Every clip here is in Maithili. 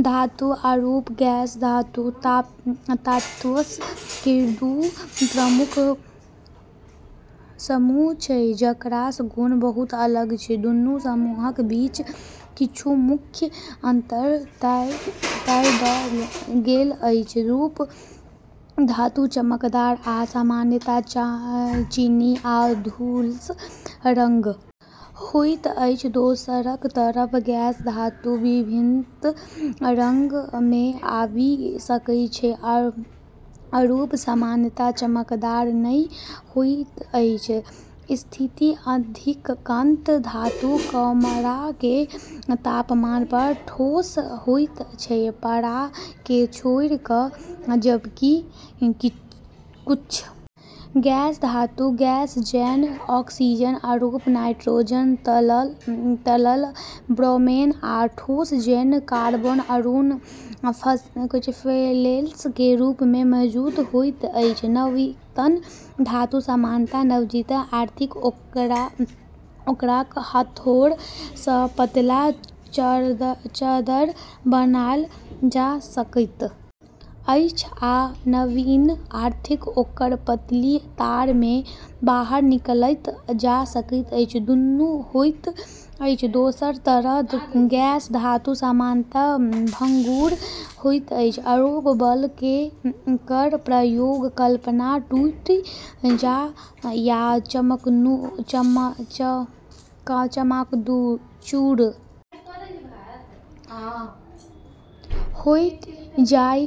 धातु आरू गैर-धातु तत्वऽ के दू प्रमुख समूह छै जेकरऽ गुण बहुत अलग छै, दूनू समूहक बीच किछु मुख्य अंतर एतय देल गेल अछि, रूप धातु चमकदार आ सामान्यत चानी या धूसर रंगक होइत अछि दोसरऽ तरफ गैर-धातु विभिन्न रंगऽ मे आबी सकै छै आरू सामान्यत चमकदार नै होय छै, स्थिति अधिकांश धातु कमरा के तापमान पर ठोस होय छै पारा के छोड़ी के जबकि कुछ गैर-धातु गैस जैना ऑक्सीजन आरू नाइट्रोजन तरल ब्रोमीन या ठोस जैना कार्बन आरू सल्फर के रूप मे मौजूद होय छै, नमनीयता धातु सामान्यत नमनीय अर्थात ओकरा हथौड़ा सँ पतली चादर बनाओल जा सकैत अछि आ नमनीय अर्थात ओकरा पतली तार मे बाहर निकालल जा सकैत अछि दुनू होइत अछि दोसरऽ तरफ गैर-धातु सामान्यत भंगुर होय छै आरू बल केरऽ प्रयोग करला प॑ टूटी जाय या चकनाचूर होय जाय,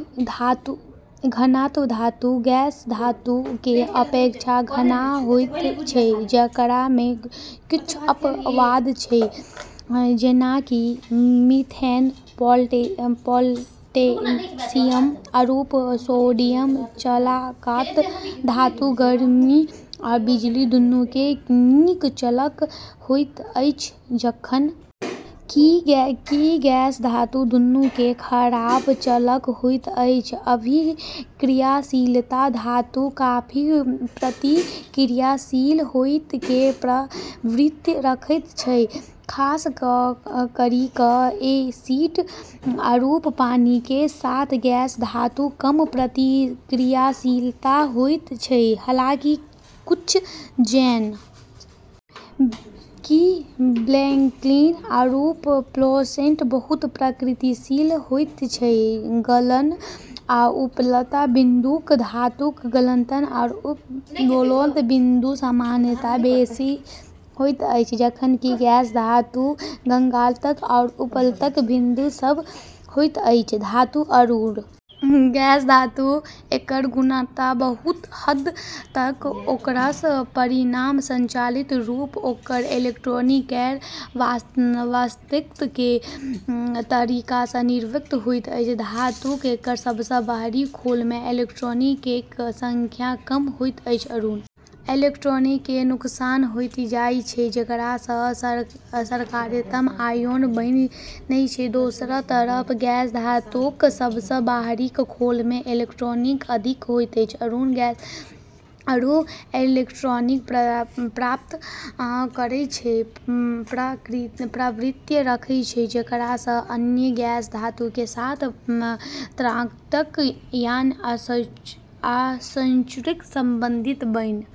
घनत्व धातु गैर-धातु के अपेक्षा घना होय छै जेकरा मे कुछ अपवाद छै जेना कि लिथियम, पोटेशियम आरू सोडियम चालकता धातु गर्मी आ बिजली दुनू के नीक चालक होइत अछि जखन कि गैर-धातु दुनू के खराब चालक होइत अछि अभिक्रियाशीलता धातु काफी प्रतिक्रियाशील होय के प्रवृत्ति रखै छै खास करी के एसिड आरू पानी के साथ गैर-धातु कम प्रतिक्रियाशील होय छै, हालांकि कुछ जेना कि क्लोरीन आरू फ्लोरीन, बहुत प्रतिक्रियाशील होय छै, गलन आ उबलैत बिन्दु धातुक गलनांक आ उबलबाक बिन्दु सामान्यतः बेसी होइत अछि जखन कि गैर-धातुक गलनांक आ उबलबाक बिन्दु कम होइत अछि धातु आरू गैर-धातु केरऽ गुण बहुत हद तलक ओकरऽ परमाणु संरचना आरू ओकरऽ इलेक्ट्रॉन केरऽ व्यवस्था के तरीका से निर्धारित होय छै, धातु केरऽ सबसें बाहरी खोल मे इलेक्ट्रॉन केरऽ संख्या कम होय छै आरू इलेक्ट्रॉन केरऽ नुकसान होय जाय छै जेकरा से सकारात्मक आयन बने छै, दोसरऽ तरफ गैर-धातु केरऽ सबसें बाहरी खोल मे इलेक्ट्रॉन अधिक होय छै आरू इलेक्ट्रॉन प्राप्त करै के प्रवृत्ति रखै छै जेकरा से अन्य गैर-धातु के साथ ऋणात्मक आयन या सहसंयोजक बंधन बने छै।